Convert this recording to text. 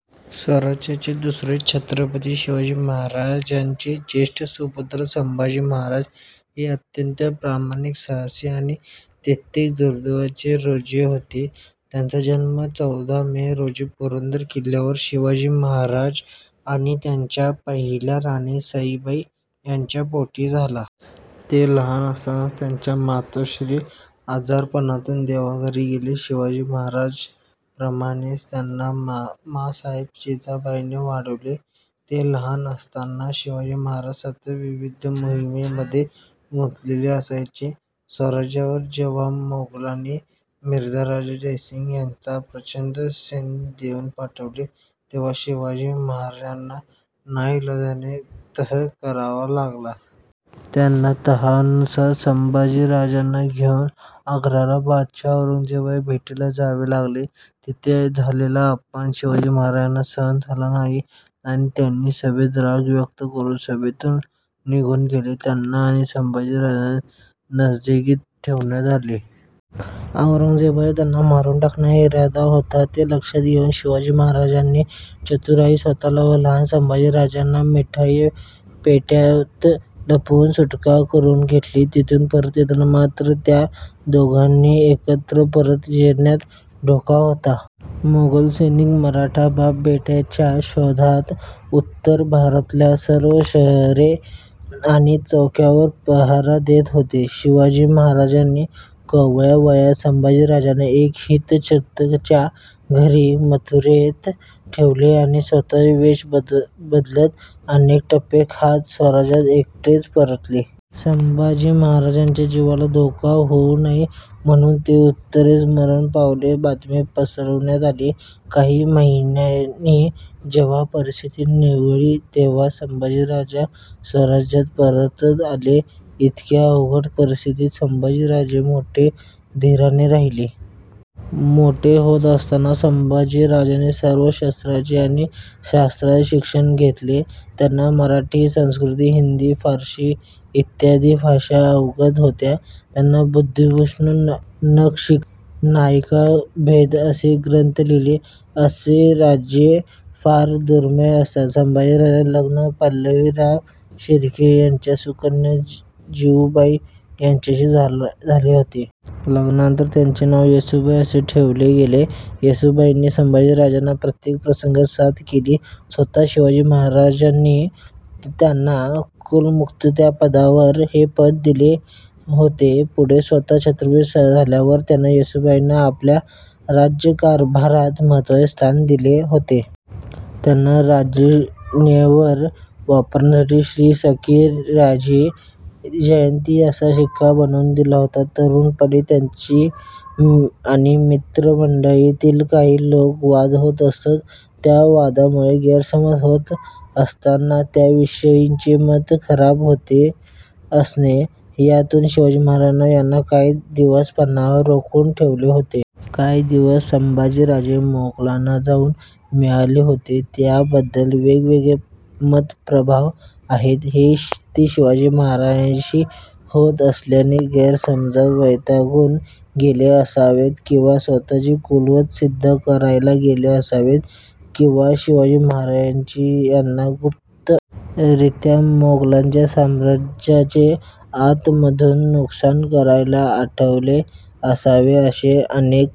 स्वराज्याचे दुसरे छत्रपती, शिवाजी महाराजांचे ज्येष्ठ सुपुत्र संभाजी महाराज हे अत्यंत पराक्रमी, साहसी आणि तितकेच दुर्दैवी राजे होते. त्यांचा जन्म चौदा मे रोजी पुरंदर किल्ल्यावर शिवाजी महाराज आणि त्यांच्या पहिल्या राणी सईबाई यांच्या पोटी झाला. ते लहान असतानाच त्यांच्या मातोश्री आजारपणातुन देवाघरी गेल्या. शिवाजी महाराजांप्रमाणेच त्यांनाही मांसाहेब जिजाबाईंनी वाढवले. ते लहान असताना शिवाजी महाराज सतत विविध मोहिमांमध्ये गुंतलेले असायचे. स्वराज्यावर जेव्हा मोगलांनी मिर्झा राजा जयसिंग यांना प्रचंड सैन्य देऊन पाठवले, तेव्हा शिवाजी महाराजांना नाईलाजाने तह करावा लागला. त्यांना तहानुसार संभाजी राजांना घेऊन आग्र्याला बादशहा औरंगजेबाच्या भेटीला जावे लागले. तिथे झालेला अपमान शिवाजी महाराजांना सहन झाला नाही आणि त्यांनी सभेत राग व्यक्त करून सभेतुन निघुन गेले. त्यांना आणि संभाजी राजांना नजरकैदेत ठेवण्यात आले. औरंगजेबाचा त्यांना मारून टाकण्याचा इरादा होता. ते लक्षात घेऊन शिवाजी महाराजांनी चतुराईने स्वतःला व लहान संभाजीराजांना मिठाईच्या पेटाऱ्यात लपवुन सुटका करून घेतली. तिथुन परत येताना मात्र त्या दोघांनी एकत्र परत येण्यात धोका होता. मोगल सैनिक मराठा बाप बेट्यांच्या शोधात उत्तर भारतातल्या सर्व शहरे आणि चौक्यांवर पहारा देत होते. शिवाजी महाराजांनी कोवळ्या वयातल्या संभाजी राजांना एका हितचिंतकांच्या घरी मथुरेत ठेवले आणि स्वतः वेष बदलत अनेक टप्पे खात स्वराज्यात एकटेच परतले. संभाजी राजांच्या जीवाला धोका होऊ नये म्हणुन ते उत्तरेतच मरण पावल्याची बातमी पसरवण्यात आली. काही महिन्यांनी जेव्हा परिस्थिती निवळली तेव्हाच संभाजी राजांना स्वराज्यात परतत आले. इतक्या अवघड परिस्थितीत संभाजी राजे मोठ्या धीराने राहिले. मोठे होत असताना संभाजी राजांनी सर्व शस्त्रांचे आणि शास्त्रांचे शिक्षण घेतले. त्यांना मराठी, संस्कृत, हिंदी, फारशी इत्यादी भाषा अवगत होत्या. त्यांनी बुधभूषणम, नखशिखा, नायिकाभेद असे ग्रंथ लिहिले. असे राजे फार दुर्मिळ असतात. संभाजी राजांचे लग्न पिलाजीराव शिर्के यांची सुकन्या जिवुबाई यांच्याशी झाले होते. लग्नानंतर त्यांचे नाव येसूबाई असे ठेवले गेले. येसूबाईंनी संभाजीराजांना प्रत्येक प्रसंगात साथ केली. स्वतः शिवाजी महाराजांनी त्यांना कुलमुखत्यार हे पद दिले होते. पुढे स्वतः छत्रपती झाल्यावर त्यांनी येसूबाईंना आपल्या राज्यकारभारात महत्वाचे स्थान दिले होते. त्यांना राजाज्ञेवर वापरण्यासाठी श्री सखी राज्ञी जयंती असा शिक्का बनवुन दिला होता. तरुणपणी त्यांचे आणि मंत्रीमंडळातील काही लोकांचे वाद होत असत. ह्या वादांमुळे गैरसमज होत असत त्यांच्याविषयीचे मत खराब होत असे. ह्यातुनच शिवाजी महाराजांनी त्यांना काही दिवस पन्हाळ्यावर रोखुन ठेवले होते. काही दिवस संभाजी राजे मोगलांना जाऊन मिळाले होते. याबद्दल वेगवेगळे मतप्रवाह आहेत. ते शिवाजी महाराजांशी होत असलेल्या गैरसमजाला वैतागुन गेले असावेत किंवा स्वतःची कुवत सिद्ध करायला गेले असावेत किंवा शिवाजी महाराजांनीच त्यांना गुप्त रित्या मोगलांच्या साम्राज्याचे आतमधुन नुकसान करायला पाठवले असावे अशा अनेक